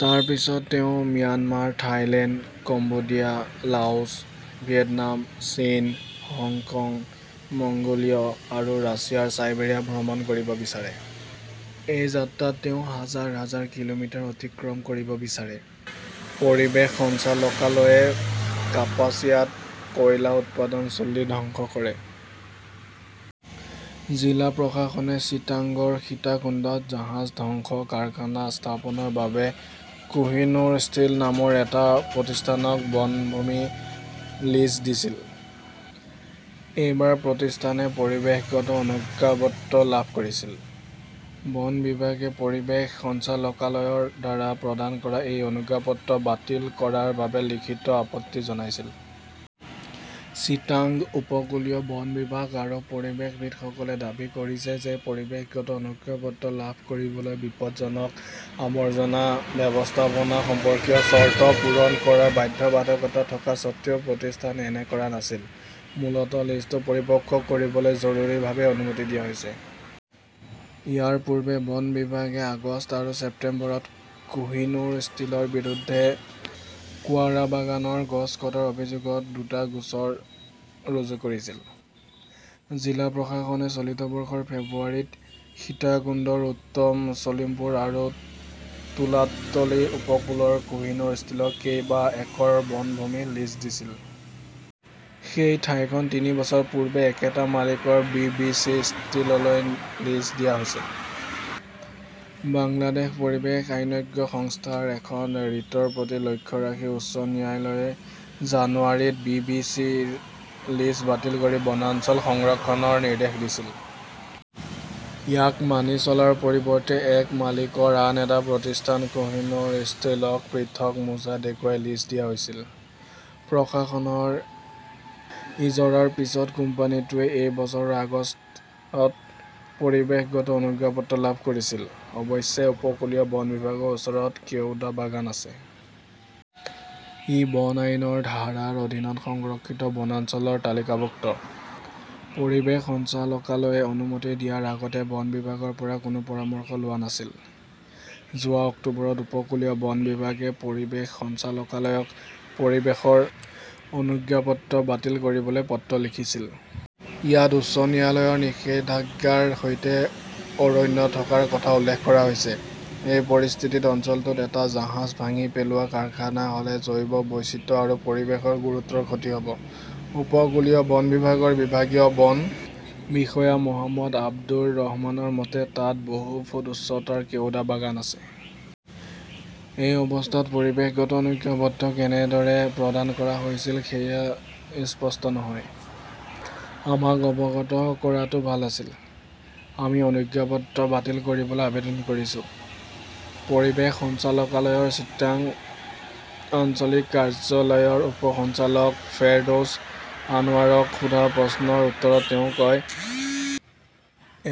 তাৰ পিছত তেওঁ Myanmar, Thailand, Cambodia, Laos, Vietnam, চীন, হংকং, মংগোলিয়া আৰু ৰাছিয়াৰ চাইবেৰিয়া ভ্ৰমণ কৰিব বিচাৰে। এই যাত্ৰাত তেওঁ হাজাৰ হাজাৰ কিলোমিটাৰ অতিক্ৰম কৰিব বিচাৰে। পৰিৱেশ সঞ্চালকালয়ে কাপাসিয়াত কয়লা উৎপাদন চুল্লী ধ্বংস কৰে। জিলা প্ৰশাসনে চিটাগংৰ সীতাকুণ্ডত জাহাজ ধ্বংস কাৰখানা স্থাপনৰ বাবে কোহিনুৰ ষ্টীল নামৰ এটা প্ৰতিষ্ঠানক বনভূমি লিজ দিছিল। এইবাৰ প্ৰতিষ্ঠানে পৰিৱেশগত অনুজ্ঞাপত্ৰ লাভ কৰিছিল। বন বিভাগে পৰিৱেশ সঞ্চালকালয়ৰ দ্বাৰা প্ৰদান কৰা এই অনুজ্ঞাপত্ৰ বাতিল কৰাৰ বাবে লিখিত আপত্তি জনাইছিল। চিটাগং উপকূলীয় বন বিভাগ আৰু পৰিৱেশবিদসকলে দাবী কৰিছে যে পৰিৱেশগত অনুজ্ঞাপত্ৰ লাভ কৰিবলৈ বিপদজনক আৱৰ্জনা ব্যৱস্থাপনা সম্পৰ্কীয় চৰ্ত পূৰণ কৰাৰ বাধ্যবাধকতা থকা স্বত্বেও প্ৰতিষ্ঠানে এনে কৰা নাছিল। মূলতঃ লিজটো পৰিপক্ক কৰিবলৈ জৰুৰীভাৱে অনুমতি দিয়া হৈছে। ইয়াৰ পূৰ্বে বন বিভাগে আগষ্ট আৰু ছেপ্টেম্বৰত কোহিনুৰ ষ্টীলৰ বিৰুদ্ধে কোৱাৰাবাগানৰ গছ কটাৰ অভিযোগত দুটা গোচৰ ৰুজু কৰিছিল। জিলা প্ৰশাসনে চলিত বৰ্ষৰ ফেব্ৰুৱাৰীত সীতাকুণ্ডৰ উত্তৰ চলিমপুৰ আৰু তুলাতলি উপকূলৰ কোহিনুৰ ষ্টিলক কেইবা একৰ বনভূমি লিজ দিছিল। সেই ঠাইখন তিনি বছৰ পূৰ্বে একেটা মালিকৰ বি. বি. চি. ষ্টীললৈ লিজ দিয়া হৈছিল। বাংলাদেশ পৰিৱেশ আইনজ্ঞ সংস্থাৰ এখন ৰিটৰ প্ৰতি লক্ষ্য ৰাখি উচ্চ ন্যায়ালয়ে জানুৱাৰীত বি. বি. চি. -ৰ লিজ বাতিল কৰি বনাঞ্চল সংৰক্ষণৰ নিৰ্দেশ দিছিল। ইয়াক মানি চলাৰ পৰিৱৰ্তে একে মালিকৰ আন এটা প্ৰতিষ্ঠান কোহিনুৰ ষ্টীলক পৃথক মোজা দেখুৱাই লিজ দিয়া হৈছিল। প্ৰশাসনৰ ইজৰাৰ পিছত কোম্পানীটোৱে এই বছৰৰ আগষ্টত পৰিৱেশগত অনুজ্ঞাপত্ৰ লাভ কৰিছিল। অৱশ্যে, উপকূলীয় বন বিভাগৰ ওচৰত কেওডা বাগান আছে। ই বন আইনৰ ধাৰাৰ অধীনত সংৰক্ষিত বনাঞ্চলৰ তালিকাভুক্ত। পৰিৱেশ সঞ্চালকালয়ে অনুমতি দিয়াৰ আগতে বন বিভাগৰ পৰা কোনো পৰামৰ্শ লোৱা নাছিল। যোৱা অক্টোবৰত উপকূলীয় বন বিভাগে পৰিৱেশ সঞ্চালকালয়ক পৰিৱেশৰ অনুজ্ঞাপত্ৰ বাতিল কৰিবলৈ পত্ৰ লিখিছিল। ইয়াত উচ্চ ন্যায়ালয়ৰ নিষেধাজ্ঞাৰ সৈতে অৰণ্য থকাৰ কথা উল্লেখ কৰা হৈছে। এই পৰিস্থিতিত অঞ্চলটোত এটা জাহাজ ভাঙি পেলোৱা কাৰখানা হ'লে জৈৱ বৈচিত্ৰ্য আৰু পৰিৱেশৰ গুৰুতৰ ক্ষতি হ'ব। উপকূলীয় বন বিভাগৰ বিভাগীয় বন বিষয়া মহম্মদ আবদুৰ ৰহমানৰ মতে, তাত বহু ফুট উচ্চতাৰ কেওডা বাগান আছে। এই অৱস্থাত পৰিৱেশগত অনুজ্ঞাপত্ৰ কেনেদৰে প্ৰদান কৰা হৈছিল সেয়া স্পষ্ট নহয়। আমাক অৱগত কৰাটো ভাল আছিল। আমি অনুজ্ঞাপত্ৰ বাতিল কৰিবলৈ আবেদন কৰিছো। পৰিৱেশ সঞ্চালকালয়ৰ চিটাগং আঞ্চলিক কাৰ্যালয়ৰ উপ সঞ্চালক ফেৰদৌছ আনৱাৰক সোধা প্ৰশ্নৰ উত্তৰত তেওঁ কয়,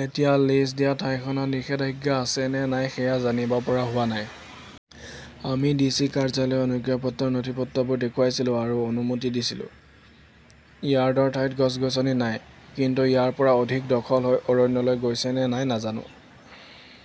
এতিয়া লিজ দিয়া ঠাইখনত নিষেধাজ্ঞা আছে নে নাই সেয়া জানিব পৰা হোৱা নাই। আমি ডিচি কাৰ্যালয়ৰ অনুজ্ঞাপত্ৰৰ নথিপত্ৰবোৰ দেখিছিলোঁ আৰু অনুমতি দিছিলোঁ। ইয়াৰ্ডৰ ঠাইত গছ-গছনি নাই। কিন্তু ইয়াৰ পৰা অধিক দখল হৈ অৰণ্যলৈ গৈছে নে নাই নাজানো।